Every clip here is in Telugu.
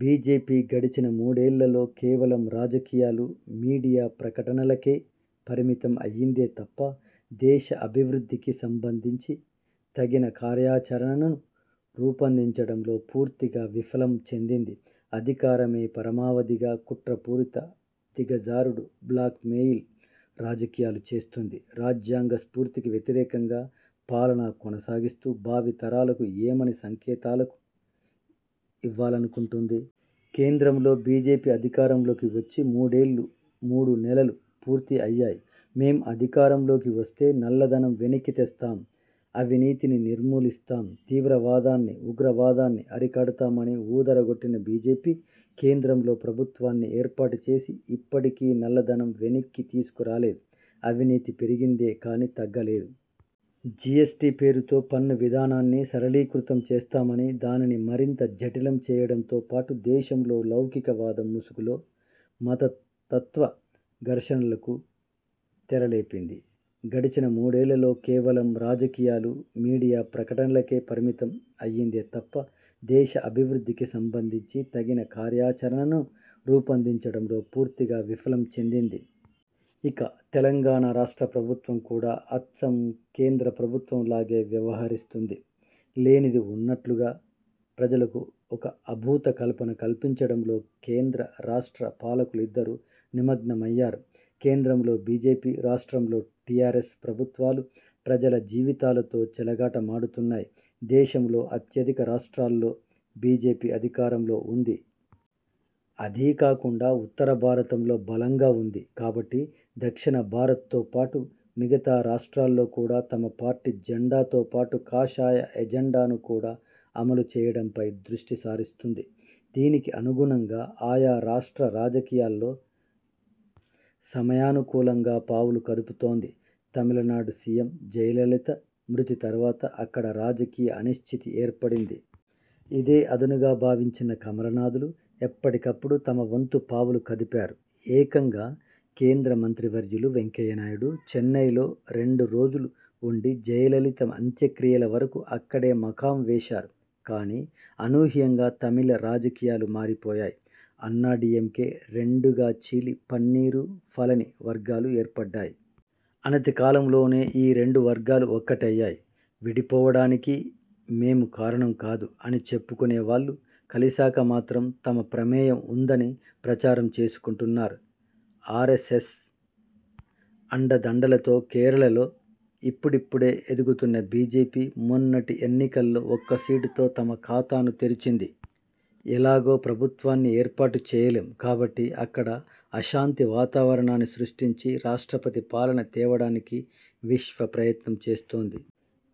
బీజేపీ గడిచిన మూడేళ్ళలో కేవలం రాజకీయాలు, మీడియా ప్రకటనలకే పరిమితం అయ్యిందే తప్పా, దేశ అభివృద్ధికి సంబంధించి తగిన కార్యాచరణను రూపొందించడంలో పూర్తిగా విఫలం చెందింది. అధికారమే పరమావధిగా కుట్రపూరిత, దిగజారుడు, బ్లాక్ మెయిల్ రాజకీయాలు చేస్తోంది. రాజ్యాంగ స్ఫూర్తికి వ్యతిరేకంగా పాలన కొనసాగిస్తూ భావి తరాలకు ఏమని సంకేతాలకు ఇవ్వాలనుకుంటుంది? కేంద్రంలో బీజేపీ అధికారంలోకి వచ్చి మూడేళ్ల మూడు నెలలు పూర్తి అయ్యాయి. 'మేం అధికారంలోకి వస్తే నల్లధనం వెనక్కి తెస్తాం, అవినీతిని నిర్మూలిస్తాం, తీవ్రవాదాన్ని, ఉగ్రవాదాన్ని అరికడతా'మని ఊదరగొట్టిన బీజేపీ, కేంద్రంలో ప్రభుత్వాన్ని ఏర్పాటుచేసి ఇప్పటికీ నల్లధనం వెనక్కి తీసుకురాలేదు. అవినీతి పెరిగిందే కానీ తగ్గలేదు. జీఎస్టీ పేరుతో పన్ను విధానాన్ని సరళీకృతం చేస్తామని దానిని మరింత జఠిలం చేయడంతో పాటు దేశంలో లౌకికవాదం ముసుగులో మతతత్వ ఘర్షణలకు తెరలేపింది. గడిచిన మూడేళ్ళలో కేవలం రాజకీయాలు, మీడియా ప్రకటనలకే పరిమితం అయ్యిందే తప్పా, దేశ అభివృద్ధికి సంబంధించి తగిన కార్యాచరణను రూపొందించడంలో పూర్తిగా విఫలం చెందింది. ఇక తెలంగాణ రాష్ట్ర ప్రభుత్వం కూడా అచ్చం కేంద్ర ప్రభుత్వం లాగే వ్యవహరిస్తుంది. లేనిది ఉన్నట్లుగా ప్రజలకు ఒక అభూత కల్పన కల్పించడంలో కేంద్ర, రాష్ట్ర పాలకులిద్దరూ నిమగ్నమయ్యారు. కేంద్రంలో బీజేపీ, రాష్ట్రంలో టీఆర్ఎస్ ప్రభుత్వాలు ప్రజల జీవితాలతో చెలగాటమాడుతున్నాయి. దేశంలో అత్యధిక రాష్ట్రాల్లో బీజేపీ అధికారంలో ఉంది. అదీ కాకుండా ఉత్తర భారతంలో బలంగా ఉంది. కాబట్టి దక్షిణ భారత్తో పాటు, మిగతా రాష్ట్రాల్లో కూడా తమ పార్టీ జెండాతో పాటు కాషాయ ఎజెండాను కూడా అమలు చేయటంపై దృష్టి సారిస్తుంది. దీనికి అనుగుణంగా ఆయా రాష్ట్ర రాజకీయాల్లో సమయానుకూలంగా పావులు కదుపుతోంది. తమిళనాడు సీఎం జయలలిత మృతి తర్వాత అక్కడ రాజకీయ అనిశ్చితి ఏర్పడింది. ఇదే అదునుగా భావించిన కమలనాథులు ఎప్పటికప్పుడు తమ వంతు పావులు కదిపారు. ఏకంగా కేంద్ర మంత్రివర్యులు వెంకయ్యనాయుడు చెన్నైలో రెండు రోజులు ఉండి జయలలిత అంత్యక్రియల వరకు అక్కడే మకాం వేశారు. కానీ అనూహ్యంగా తమిళ రాజకీయాలు మారిపోయాయి. అన్నా డీఎంకే రెండుగా చీలి పన్నీరు, పళని వర్గాలు ఏర్పడ్డాయి. అనతికాలంలోనే ఈ రెండు వర్గాలు ఒక్కటయ్యాయి. విడిపోవడానికి మేము కారణం కాదు అని చెప్పుకునే వాళ్లు, కలిసాక మాత్రం తమ ప్రమేయం ఉందని ప్రచారం చేసుకుంటున్నారు. ఆర్ఎస్ఎస్ అండదండలతో కేరళలో ఇప్పుడిప్పుడే ఎదుగుతున్న బీజేపీ, మొన్నటి ఎన్నికల్లో ఒక్క సీటుతో తమ ఖాతాను తెరిచింది. ఎలాగో ప్రభుత్వాన్ని ఏర్పాటు చేయలేం కాబట్టి అక్కడ అశాంతి వాతావరణాన్ని సృష్టించి రాష్ట్రపతి పాలన తేవడానికి విశ్వ ప్రయత్నం చేస్తోంది.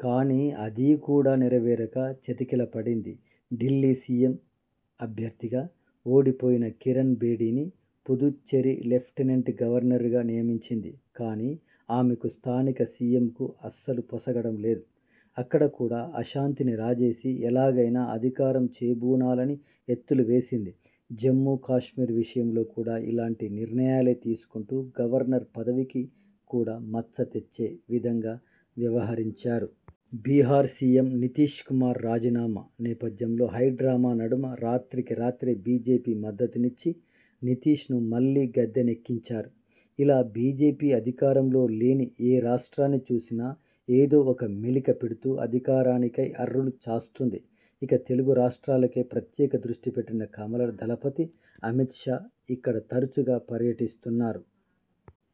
కానీ అదీ కూడా నెరవేరక చతికిలపడింది. ఢిల్లీ సీఎం అభ్యర్థిగా ఓడిపోయిన కిరణ్ బేడీని, పుదుచ్చేరి లెఫ్టినెంట్ గవర్నర్గా నియమించింది. కానీ ఆమెకు, స్థానిక సీఎంకు అస్సలు పొసగడం లేదు. అక్కడ కూడా అశాంతిని రాజేసి, ఎలాగైనా అధికారం చేబూనాలని ఎత్తులు వేసింది. జమ్మూ కాశ్మీర్ విషయంలో కూడా ఇలాంటి నిర్ణయాలే తీసుకుంటూ గవర్నర్ పదవికి కూడా మచ్చ తెచ్చే విధంగా వ్యవహరించారు. బీహార్ సీఎం నితీశ్ కుమార్ రాజీనామా నేపథ్యంలో హైడ్రామా నడుమ రాత్రికి రాత్రే బీజేపీ మద్దతునిచ్చి నితీశ్ను మళ్లీ గద్దెనెక్కించారు. ఇలా బీజేపీ అధికారంలో లేని ఏ రాష్ట్రాన్ని చూసినా ఏదో ఒక మెలిక పెడ్తూ అధికారానికై అర్రులు చాస్తుంది. ఇక తెలుగు రాష్ట్రాలపై ప్రత్యేక దృష్టిపెట్టిన కమల దళపతి అమిత్ షా ఇక్కడ తరుచుగా పర్యటిస్తున్నారు.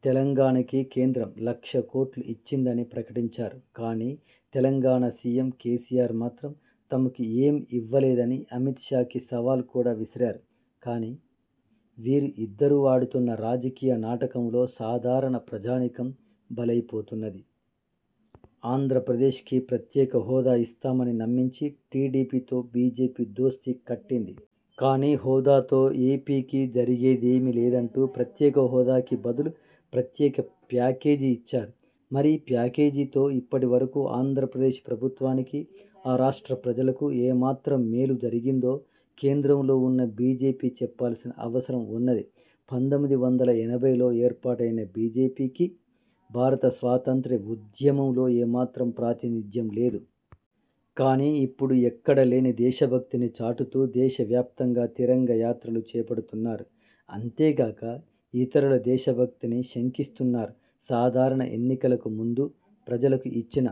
తెలంగాణకి కేంద్రం లక్ష కోట్లు ఇచ్చిందని ప్రకటించారు. కానీ తెలంగాణ సీఎం కేసీఆర్ మాత్రం తమకు ఏం ఇవ్వలేదని అమిత్ షాకి సవాల్ కూడా విసిరారు. కానీ వీరు ఇద్దరు ఆడుతున్న రాజకీయ నాటకంలో సాధారణ ప్రజానీకం బలైపోతున్నది. ఆంధ్రప్రదేశ్కి ప్రత్యేక హోదా ఇస్తామని నమ్మించి టీడీపీతో బీజేపీ దోస్తీ కట్టింది. కానీ హోదాతో ఏపీకి ఒరిగేదేమీ లేదంటూ ప్రత్యేక హోదాకి బదులు ప్రత్యేక ప్యాకేజీ ఇచ్చారు. మరి ప్యాకేజీతో ఇప్పటి వరకు ఆంధ్రప్రదేశ్ ప్రభుత్వానికి, ఆ రాష్ట్ర ప్రజలకు ఏమాత్రం మేలు జరిగిందో కేంద్రంలో ఉన్న బీజేపీ చెప్పాల్సిన అవుసరం ఉన్నది. పంతొమ్మిది వందల ఎనభైలో ఏర్పాటైన బీజేపీకి భారత స్వాతంత్ర్య ఉద్యమంలో ఏమాత్రం ప్రాతినిధ్యం లేదు. కానీ ఇప్పుడు ఎక్కడలేని దేశభక్తిని చాటుతూ దేశ వ్యాప్తంగా 'తిరంగ యాత్రలు' చేపడుతున్నారు. అంతేకాక ఇతరుల దేశభక్తిని శంకిస్తున్నారు. సాధారణ ఎన్నికలకు ముందు ప్రజలకు ఇచ్చిన